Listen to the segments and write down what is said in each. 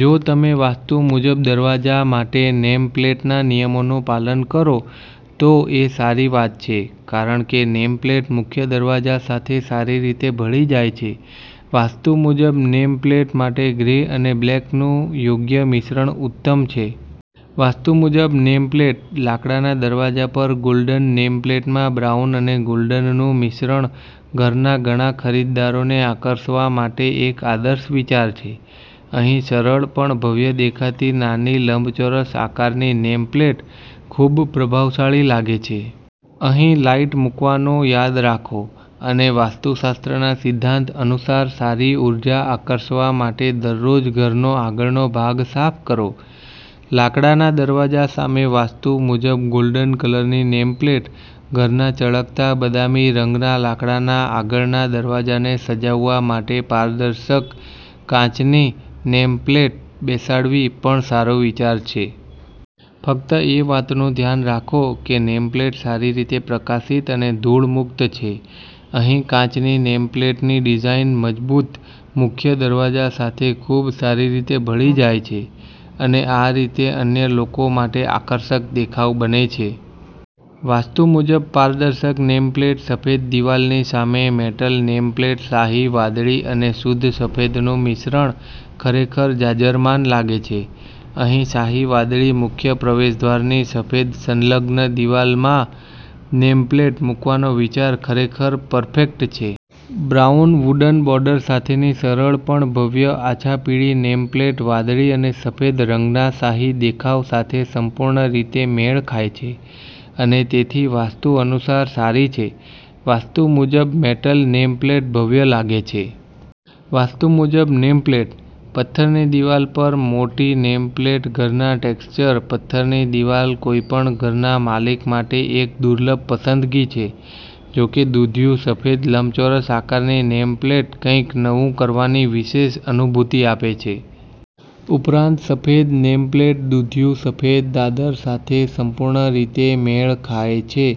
જો તમે વાસ્તુ મુજબ દરવાજા માટે નેમ પ્લેટના નિયમોનું પાલન કરો તો એ સારી વાત છે કારણ કે નેમપ્લેટ મુખ્ય દરવાજા સાથે સારી રીતે ભળી જાય છે. વાસ્તુ મુજબ નેમ પ્લેટ માટે ગ્રે અને બ્લેકનું યોગ્ય મિશ્રણ ઉત્તમ છે. વાસ્તુ મુજબ નેમ પ્લેટઃ લાકડાના દરવાજા પર ગોલ્ડન નેમ પ્લેટમાં બ્રાઉન અને ગોલ્ડનનું મિશ્રણ ઘરના ઘણા ખરીદદારોને આકર્ષવા માટે એક આદર્શ વિચાર છે. અહીં સરળ પણ ભવ્ય દેખાતી નાની લંબચોરસ આકારની નેમ પ્લેટ ખૂબ પ્રભાવશાળી લાગે છે. અહીં લાઇટ મૂકવાનું યાદ રાખો અને વાસ્તુશાસ્ત્રના સિદ્ધાંત અનુસાર સારી ઉર્જા આકર્ષવા માટે દરરોજ ઘરનો આગળનો ભાગ સાફ કરો. લાકડાના દરવાજા સામે વાસ્તુ મુજબ ગોલ્ડન કલરની નેમ પ્લેટ: ઘરના ચળકતા બદામી રંગના લાકડાના આગળના દરવાજાને સજાવવા માટે પારદર્શક કાચની નેમ પ્લેટ બેસાડવી પણ સારો વિચાર છે. ફક્ત એ વાતનું ધ્યાન રાખો કે નેમપ્લેટ સારી રીતે પ્રકાશિત અને ધૂળ મુક્ત છે. અહીં કાચની નેમ પ્લેટની ડિઝાઇન મજબૂત મુખ્ય દરવાજા સાથે ખૂબ સારી રીતે ભળી જાય છે અને આ રીતે અન્ય લોકો માટે આકર્ષક દેખાવ બને છે. વાસ્તુ મુજબ પારદર્શક નેમ પ્લેટ: સફેદ દિવાલની સામે મેટલ નેમ પ્લેટ શાહી વાદળી અને શુદ્ધ સફેદનું મિશ્રણ ખરેખર જાજરમાન લાગે છે. અહીં શાહી વાદળી મુખ્ય પ્રવેશદ્વારની સફેદ સંલગ્ન દિવાલમાં નેમ પ્લેટ મૂકવાનો વિચાર ખરેખર પરફેક્ટ છે. બ્રાઉન વુડન બોર્ડર સાથેની સરળ પણ ભવ્ય આછા પીળી નેમ પ્લેટ વાદળી અને સફેદ રંગનાશાહી દેખાવ સાથે સંપૂર્ણ રીતે મેળ ખાય છે અને તેથી વાસ્તુ અનુસાર સારી છે. વાસ્તુ મુજબ મેટલ નેમ પ્લેટ ભવ્ય લાગે છે! વાસ્તુ મુજબ નેમ પ્લેટઃ પથ્થરની દિવાલ પર મોટી નેમ પ્લેટ ઘરના ટેક્ષ્ચર પથ્થરની દિવાલ કોઈપણ ઘરના માલિક માટે એક દુર્લભ પસંદગી છે. જો કે, દૂધિયું સફેદ લંબચોરસ આકારની નેમ પ્લેટ કંઈક નવું કરવાની વિશેષ અનુભૂતિ આપે છે. ઉપરાંત, સફેદ નેમ પ્લેટ દૂધિયું સફેદ દાદર સાથે સંપૂર્ણ રીતે મેળ ખાય છે.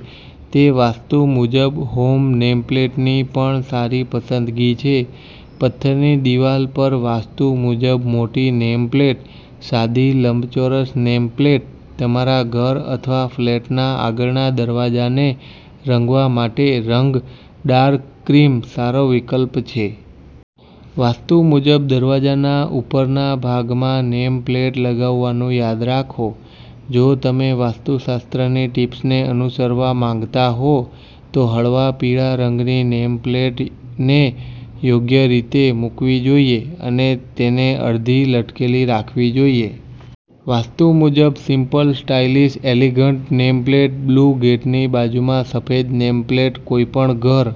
તે વાસ્તુ મુજબ હોમ નેમ પ્લેટની પણ સારી પસંદગી છે. પથ્થરની દિવાલ પર વાસ્તુ મુજબ મોટી નેમ પ્લેટ: સાદી લંબચોરસ નેમ પ્લેટ તમારા ઘર અથવા ફ્લેટના આગળના દરવાજાને રંગવા માટે રંગ ડાર્ક ક્રીમ સારો વિકલ્પ છે. વાસ્તુ મુજબ દરવાજાના ઉપરના ભાગમાં નેમ પ્લેટ લગાવવાનું યાદ રાખો. જો તમે વાસ્તુશાસ્ત્રની ટીપ્સને અનુસરવા માંગતા હો તો હળવા પીળા રંગની નેમ પ્લેટને યોગ્ય રીતે મૂકવી જોઈએ અને તેને અડધી લટકેલી રાખવી જોઈએ. વાસ્તુ મુજબ સિમ્પલ-સ્ટાઈલિશ-એલિગન્ટ નેમ પ્લેટ: બ્લુ ગેટની બાજુમાં સફેદ નેમ પ્લેટ કોઈપણ ઘર